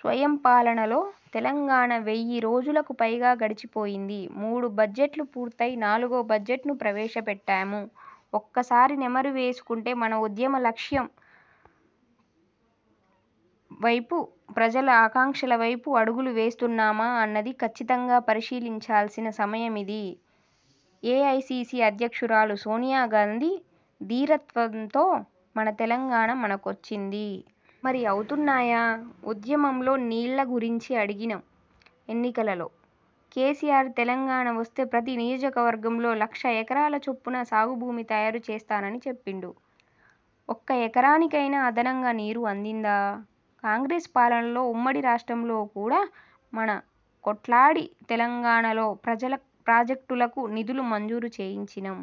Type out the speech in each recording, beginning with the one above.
స్వయం పాలనలో తెలంగాణలో వెయ్యి రోజులకు పైగా గడిచిపోయింది. మూడు బడ్జెట్లు పూర్తయి నాలుగో బడ్జెట్ను ప్రవేశపెట్టాము. ఒక్కసారి నెమరు వేసుకుంటే మన ఉద్యమ లక్ష్యం వైపు, ప్రజల ఆకాంక్షలవైపు అడుగులు వేస్తున్నామా? అన్నది ఖచ్చితంగా పరిశీలించాల్సిన సమయమిది. ఏఐసీసీ అధ్యక్షురాలు సోనియాగాంధీ ధీరత్వంతో మన తెలంగాణ మనకొచ్చింది. మరి అవుతున్నాయా? ఉద్యమంలో నీళ్ల గురించి అడిగినం, ఎన్నికలలో కేసీఆర్ తెలంగాణ వస్తే ప్రతి నియోజకవర్గంలో లక్ష ఎకరాల చొప్పున సాగు భూమి తయారుచేస్తనని చెప్పిండు. ఒక్క ఎకరానికైనా అదనంగా నీరు అందిందా? కాంగ్రెస్ పాలనలో ఉమ్మడి రాష్ట్రంలో కూడా మనం కొట్లాడి తెలంగాణలో ప్రాజెక్టులకు నిధులు మంజూరు చేయించినం.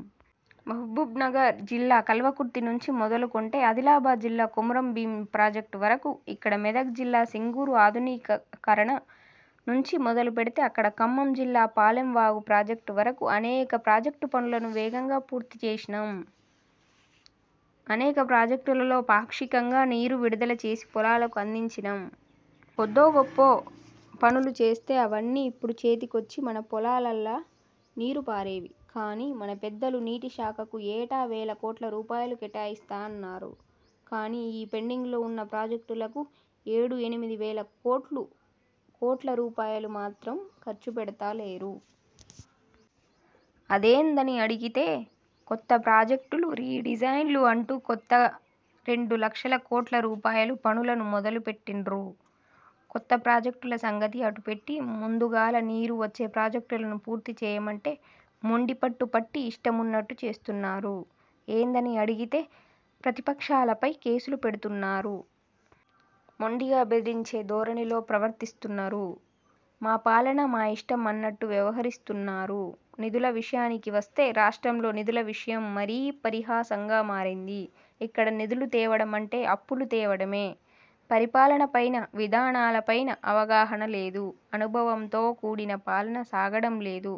మహబూబ్నగర్ జిల్లా కల్వకుర్తి నుంచి మొదలుకొంటే ఆదిలాబాద్ జిల్లా కొమురం భీమ్ ప్రాజెక్టు వరకు ఇక్కడ మెదక్ జిల్లా సింగూరు ఆధునికీకరణ నుంచి మొదలుపెడితే అక్కడ ఖమ్మం జిల్లా పాలెం వాగు ప్రాజెక్టు వరకు అనేక ప్రాజెక్టు పనులను వేగంగా పూర్తి చేసినం. అనేక ప్రాజెక్టులలో పాక్షికంగా నీరు విడుదల చేసి పొలాలకు అందించినం. కొద్దో గొప్పో పనులు చేస్తే అవన్నీ ఇప్పుడు చేతికొచ్చి మన పొలాలల్ల నీరు పారేవి. కానీ మన పెద్దలు నీటి శాఖకు ఏటా వేల కోట్ల రూపాయలు కేటాయిస్తన్నరు కానీ ఈ పెండింగ్లో ఉన్న ప్రాజెక్టులకు ఏడు, ఎనిమిది వేల కోట్ల రూపాయలు మాత్రం ఖర్చు పెడుత లేరు. అదేందని అడిగితే కొత్త ప్రాజెక్టులు, రీ డిజైన్లు అంటూ కొత్తగా రెండు లక్షల కోట్ల రూపాయలు పనులను మొదలు పెట్టిండ్రు. కొత్త ప్రాజెక్టుల సంగతి అటు పెట్టి ముందుగాల నీరు వచ్చే ప్రాజెక్టులను పూర్తి చేయమంటే మొండి పట్టు పట్టి ఇష్టమున్నట్టు చేస్తున్నరు. ఏందని అడిగితే ప్రతిపక్షాలపై కేసులు పెడుతున్నరు. మొండిగా బెదిరించే ధోరణిలో ప్రవర్తిస్తున్నరు. మా పాలన, మా ఇష్టం అన్నట్టు వ్యవహరిస్తున్నారు. నిధుల విషయానికి వస్తే రాష్ట్రంలో నిధుల విషయం మరీ పరిహాసంగా మారింది. ఇక్కడ నిధులు తేవడమంటే అప్పులు తేవడమే. పరిపాలనపైన, విధానాలపైన అవగాహన లేదు, అనుభవంతో కూడిన పాలన సాగడం లేదు.